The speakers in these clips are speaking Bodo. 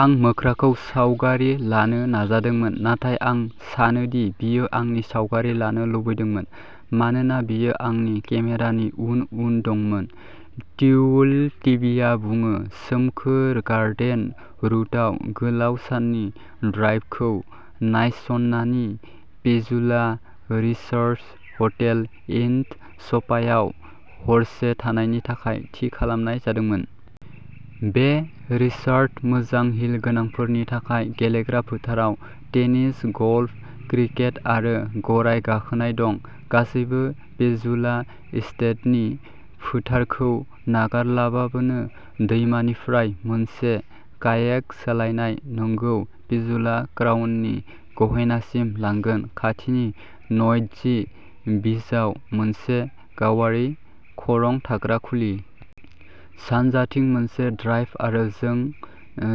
आं मोख्राखौ सावगारि लानो नाजादोंमोन, नाथाय आं सानो दि बियो आंनि सावगारि लानो लुबैदोंमोन, मानोना बियो आंनि केमेरानि उन उन दंमोन। टिएलटिबिआ बुङोः सोमखोर गार्डेन रुटआव गोलाव साननि ड्राइभखौ नाइस्नानि पेजुला रिसर्ट हटेल एन्ड स्पायाव हरसे थानायनि थाखाय थि खालामनाय जादोंमोन। बे रिसर्ट, मोजां हिल गोनांफोरनि थाखाय गेलेग्रा फोथार आव टेनिस, गल्फ, क्रिकेट आरो गराय गाखोनाय दं, गासैबो पेजुला एस्टेटनि फोथारखौ नागारालाबानो। दैमानिफ्राय मोनसे कायाक सालायनाय नोंखौ पेजुला क्राउननि गहेनासिम लांगोन खाथिनि न'एट्जी बीचआव मोनसे गावारि खरं थाग्रा खुलि। सानजाथिं मोनसे ड्राइभ आरो जों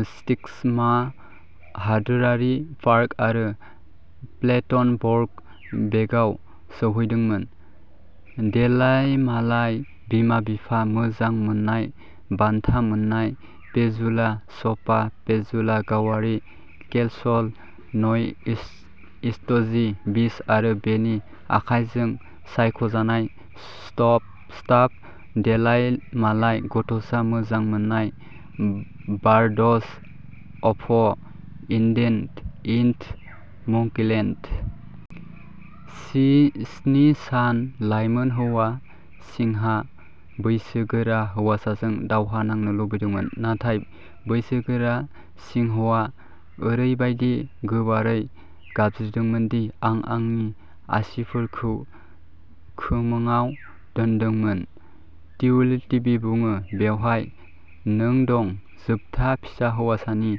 सितस्कम्मा हादोरारि पार्क आरो प्लेटेनबर्ग बेआव सौहैदोंमोन। देलायमालाय बिमा-बिफा मोजां मोननायः बान्था मोन्नाय पेजुला स्पा; पेजुला गावारि केसल; न'एट्जी बीच आरो बेनि आखायजों सायख'जानाय स्टाफ। देलायमालाय गथ'सा मोजां मोन्नायः birds of Eden and Monkeyland. स्नि सानः लाइमोन हौवा सिंहआ बैसोगोरा हौवासाजों दावहा नांनो लुबैदोंमोन, नाथाय बैसोगोरा सिंहआ ओरैबायदि गोबारै गाबज्रिदोंमोन दि आं आंनि आसिफोरखौ खोमाङाव दोन्दोंमोन। टिएलटिबि बुङोः बेवहाय नों दंः जोबथा फिसा हौवासानि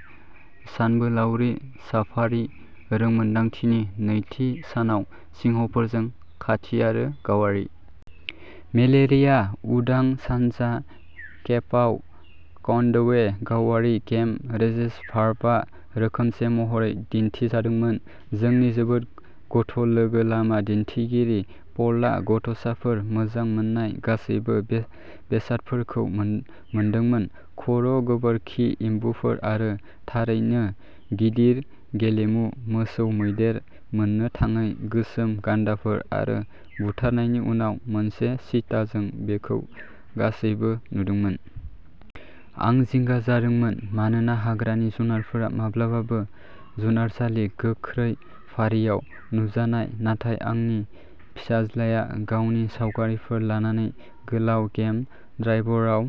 सानबोलावरि-साफारि रोंमोन्दांथिनि नैथि सानाव सिंहफोरजों खाथि आरो गावारि। मेलेरिया-उदां सानजा केपआव क्वान्डवे गावारि गेम रिजार्भआ रोखोमसे महरै दिन्थिजादोंमोन। जोंनि जोबोद गथ'लोगो लामा दिन्थिगिरि, पलआ गथ'साफोरा मोजां मोननाय गासैबो बेसादफोरखौ मोनदोंमोन खर', गोबोरखि एम्बुफोर आरो थारैनो गिदिर गेलेमु। मोसौ मैदेर, मोननो थाङै गोसोम गान्दाफोर, आरो बुथारनायनि उनाव मोनसे चीता-जों बेखौ गासैबो नुदोंमोन। आं जिंगा जादोंमोन मानोना हाग्रानि जुनारफोरा माब्लाबाबो जुनारसालि-गोख्रै फारिआव नुजाया। नाथाय आंनि फिसाज्लाया गावनि सावगारिफोर लानानै गोलाव गेम ड्राइभफोराव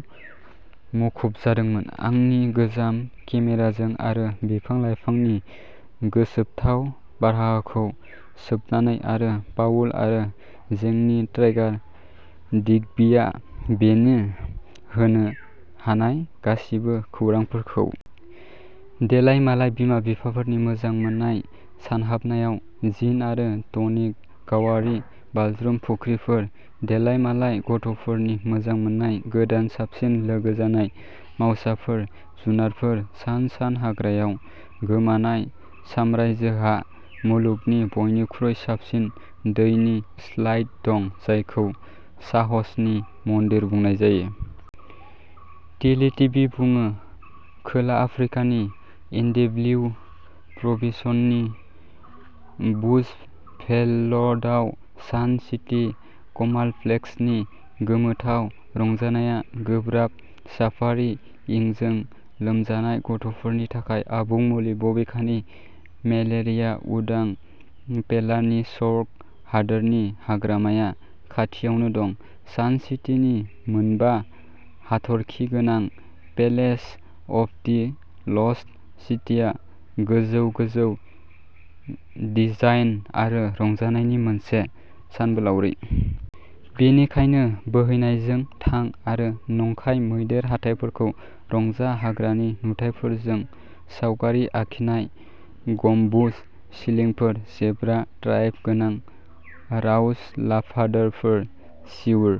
मुखुब जादोंमोन। आंनि गोजाम केमेराजों, आरो बिफां-लाइफांनि गोसोबोथाव बारहावाखौ सोबनानै आरो पाउल आरो जोंनि ट्रेकार डिग्बीआ बिनो होनो हानाय गासिबो खौरांफोरखौ। देलायमालाय बिमा-बिफाफोरनि मोजां मोन्नाय सानहाबनायाव जिन आरो टनिक, गावारि बाज्रुम फुख्रिफोर। देलायमालाय गथ'फोरनि मोजां मोन्नाय गोदान-साबसिन लोगो जानाय मावसाफोर; जुनारफोर। सान सान हाग्रायाव गोमानाय साम्रायजोहा मुलुगनि बयनिख्रुइ साबसिन दैनि स्लाइड दं जायखौ साहसनि मन्दिर बुंनाय जायो। टिएलटिबि बुङो खोला आफ्रिकानि एनडब्लिउ प्रभिन्सनि बुशभेल्डआव सान सिटी कमप्लेक्सनि गोमोथाव रंजानायआ गोब्राब साफारि-इंगजों लोमजानाय गथ'फोरनि थाखाय आबुं मुलि, बबेखानि मेलेरिया-उदां पिलानेसबार्ग हादोरारि हाग्रामाया खाथियावनो दं। सान सिटीनि मोनबा हाथरखि गोनां पेलेस अफ दि लस्ट सिटीआ गोजौ-गोजौ डिजाइन आरो रंजानायनि मोनसे सानबोलावरि। बेनिखायनो बोहैनायजों थां आरो नंखाय मैदेर हाथाइफोरखौ रंजा, हाग्रानि नुथायफोरजों सावगारि आखिनाय गम्बुज सिलिंफोर, जेब्रा स्ट्राइप गोनां राजउलाफादफोर सिउर।